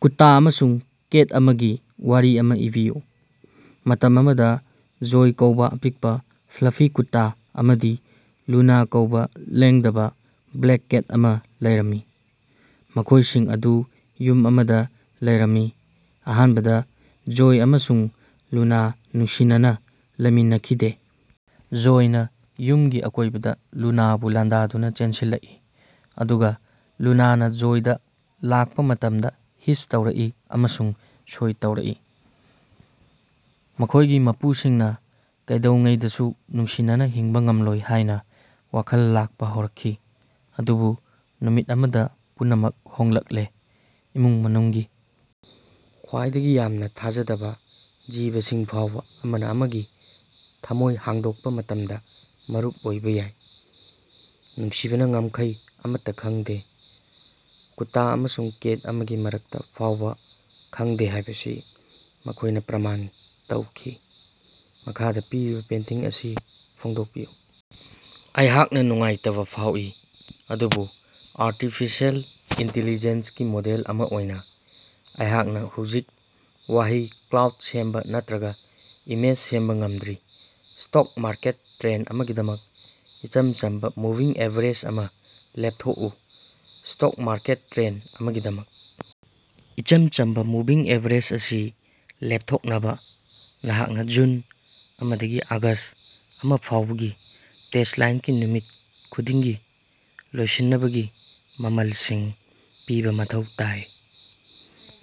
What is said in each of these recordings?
ꯀꯨꯠꯇ ꯑꯃꯁꯨꯡ ꯀꯦꯠ ꯑꯃꯒꯤ ꯋꯥꯔꯤ ꯑꯃ ꯏꯕꯤꯌꯨ꯫ ꯃꯇꯝ ꯑꯃꯗ ꯖꯣꯏ ꯀꯧꯕ ꯑꯄꯤꯛꯄ, ꯐ꯭ꯂꯨꯐꯤ ꯀꯨꯠꯇꯥ ꯑꯃꯗꯤ ꯂꯨꯅ ꯀꯧꯕ ꯂꯦꯡꯗꯕ ꯕ꯭ꯂꯦꯛ ꯀꯦꯠ ꯑꯃ ꯂꯩꯔꯝꯃꯤ, ꯃꯈꯣꯏꯁꯤꯡ ꯑꯗꯨ ꯌꯨꯝ ꯑꯃꯗ ꯂꯩꯔꯝꯃꯤ꯫ ꯑꯍꯥꯟꯕꯗ ꯖꯣꯏ ꯑꯃꯁꯨꯡ ꯂꯨꯅ ꯅꯨꯡꯁꯤꯅꯅ ꯂꯩꯃꯤꯟꯅꯈꯤꯗꯦ꯫ ꯖꯣꯏꯅ ꯌꯨꯝꯒꯤ ꯑꯀꯣꯏꯕꯗ ꯂꯨꯅꯥꯕꯨ ꯂꯥꯟꯗꯥꯗꯨꯅ ꯆꯦꯟꯁꯤꯜꯂꯛꯏ ꯑꯗꯨꯒ ꯂꯨꯅꯥꯅ ꯖꯣꯏꯗ ꯂꯥꯛꯄ ꯃꯇꯝꯗ ꯍꯤꯁ ꯇꯧꯔꯛꯏ ꯑꯃꯁꯨꯡ ꯁꯣꯏ ꯇꯧꯔꯛꯏ꯫ ꯃꯈꯣꯏꯒꯤ ꯃꯄꯨꯁꯤꯡꯅ ꯀꯩꯗꯧꯉꯩꯗꯁꯨ ꯅꯨꯡꯁꯤꯅꯅ ꯍꯤꯡꯕ ꯉꯝꯂꯣꯏ ꯍꯥꯏꯅ ꯋꯥꯈꯜ ꯂꯥꯛꯄ ꯍꯧꯔꯛꯈꯤ꯫ ꯑꯗꯨꯕꯨ ꯅꯨꯃꯤꯠ ꯑꯃꯗ ꯄꯨꯝꯅꯃꯛ ꯍꯣꯡꯂꯛꯂꯦ꯫ ꯏꯃꯨꯡ ꯃꯅꯨꯡꯒꯤ ꯈ꯭ꯋꯥꯏꯗꯒꯤ ꯌꯥꯝꯅ ꯊꯥꯖꯗꯕ ꯖꯤꯕꯁꯤꯡ ꯐꯥꯎꯕ ꯑꯃꯅ ꯑꯃꯒꯤ ꯊꯝꯃꯣꯏ ꯍꯥꯡꯗꯣꯛꯄ ꯃꯇꯝꯗ ꯃꯔꯨꯞ ꯑꯣꯏꯕ ꯌꯥꯏ꯫ ꯅꯨꯡꯁꯤꯕꯅ ꯉꯝꯈꯩ ꯑꯃꯠꯇ ꯈꯪꯗꯦ, ꯀꯨꯠꯇ ꯑꯃꯁꯨꯡ ꯀꯦꯠ ꯑꯃꯒꯤ ꯃꯔꯛꯇ ꯐꯥꯎꯕ ꯈꯪꯗꯦ ꯍꯥꯏꯕꯁꯤ ꯃꯈꯣꯏꯅ ꯄ꯭ꯔꯃꯥꯟ ꯇꯧꯈꯤ꯫ ꯃꯈꯥꯗ ꯄꯤꯔꯤꯕ ꯄꯦꯟꯇꯤꯡ ꯑꯁꯤ ꯐꯣꯡꯗꯣꯛꯄꯤꯌꯨ꯫ ꯑꯩꯍꯥꯛꯅ ꯅꯨꯡꯉꯥꯏꯇꯕ ꯐꯥꯎꯏ, ꯑꯗꯨꯕꯨ ꯑꯔꯇꯤꯐꯤꯁꯤꯑꯦꯜ ꯏꯟꯇꯦꯂꯤꯖꯦꯟꯁ ꯒꯤ ꯃꯣꯗꯦꯜ ꯑꯃ ꯑꯣꯏꯅ ꯑꯩꯍꯥꯛꯅ ꯍꯧꯖꯤꯛ ꯋꯥꯍꯩ ꯀ꯭ꯂꯥꯎꯗ ꯁꯦꯝꯕ ꯅꯠꯇ꯭ꯔꯒ ꯏꯃꯦꯖ ꯁꯦꯝꯕ ꯉꯝꯗ꯭ꯔꯤ꯫ ꯁ꯭ꯇꯣꯛ ꯃꯥꯔꯀꯦꯠ ꯇ꯭ꯔꯦꯟꯗ ꯑꯃꯒꯤꯗꯃꯛ ꯏꯆꯝ ꯆꯝꯕ ꯃꯨꯚꯤꯡ ꯑꯦꯚꯔꯦꯖ ꯑꯃ ꯂꯦꯞꯊꯣꯛꯎ꯫ ꯁ꯭ꯇꯣꯛ ꯃꯥꯔꯀꯦꯠ ꯇ꯭ꯔꯦꯟꯗ ꯑꯃꯒꯤꯗꯃꯛ ꯏꯆꯝ ꯆꯝꯕ ꯃꯨꯚꯤꯡ ꯑꯦꯚꯔꯦꯖ ꯑꯁꯤ ꯂꯦꯞꯊꯣꯛꯅꯕ, ꯅꯍꯥꯛꯅ ꯖꯨꯟ ꯑꯃ ꯗꯒꯤ ꯑꯣꯒꯁ꯭ꯠ ꯑꯃ ꯐꯥꯑꯣꯕꯒꯤ ꯇꯦꯁꯂꯥ ꯏꯟꯀꯤ ꯅꯨꯃꯤꯠ ꯈꯨꯗꯤꯡꯒꯤ ꯂꯣꯏꯁꯤꯅꯕꯒꯤ ꯃꯃꯜꯁꯤꯡ ꯄꯤꯕ ꯃꯊꯧ ꯇꯥꯏ,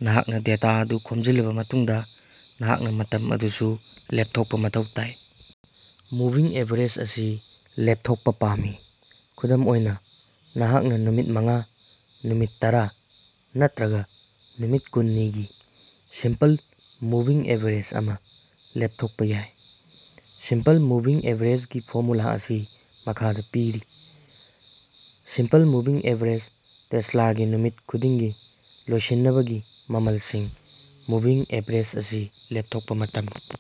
ꯅꯍꯥꯛꯅ ꯗꯦꯇꯥ ꯑꯗꯨ ꯈꯣꯝꯖꯤꯜꯂꯕ ꯃꯇꯨꯡꯗ, ꯅꯍꯥꯛꯅ ꯃꯇꯝ ꯑꯗꯨꯁꯨ ꯂꯦꯞꯊꯣꯛꯄ ꯃꯊꯧ ꯇꯥꯏ꯫ ꯃꯨꯚꯤꯡ ꯑꯦꯚꯔꯦꯖ ꯑꯁꯤ ꯂꯦꯞꯊꯣꯛꯄ ꯄꯥꯝꯃꯤ꯫ ꯈꯨꯗꯝ ꯑꯣꯏꯅ, ꯅꯍꯥꯛꯅ ꯅꯨꯃꯤꯠ ꯃꯉꯥ, ꯅꯨꯃꯤꯠ ꯇꯔꯥ ꯅꯠꯇ꯭ꯔꯒ ꯅꯨꯃꯤꯠ ꯀꯨꯟꯅꯤꯒꯤ ꯁꯤꯝꯄꯜ ꯃꯨꯚꯤꯡ ꯑꯦꯚꯔꯦꯖ ꯑꯃ ꯂꯦꯞꯊꯣꯛꯄ ꯌꯥꯏ꯫ ꯁꯤꯝꯄꯜ ꯃꯨꯚꯤꯡ ꯑꯦꯚꯔꯦꯖꯒꯤ ꯐꯣꯔꯃꯨꯂꯥ ꯑꯁꯤ ꯃꯈꯥꯗ ꯄꯤꯔꯤ꯫ ꯁꯤꯝꯄꯜ ꯃꯨꯚꯤꯡ ꯑꯦꯚꯔꯦꯖ, ꯇꯦꯁꯂꯥꯒꯤ ꯅꯨꯃꯤꯠ ꯈꯨꯗꯤꯡꯒꯤ ꯂꯣꯏꯁꯤꯟꯅꯕꯒꯤ ꯃꯃꯜꯁꯤꯡ꯫ ꯃꯨꯚꯤꯡ ꯑꯦꯚꯔꯦꯖ ꯑꯁꯤ ꯂꯦꯞꯊꯣꯛꯄ ꯃꯇꯝ꯫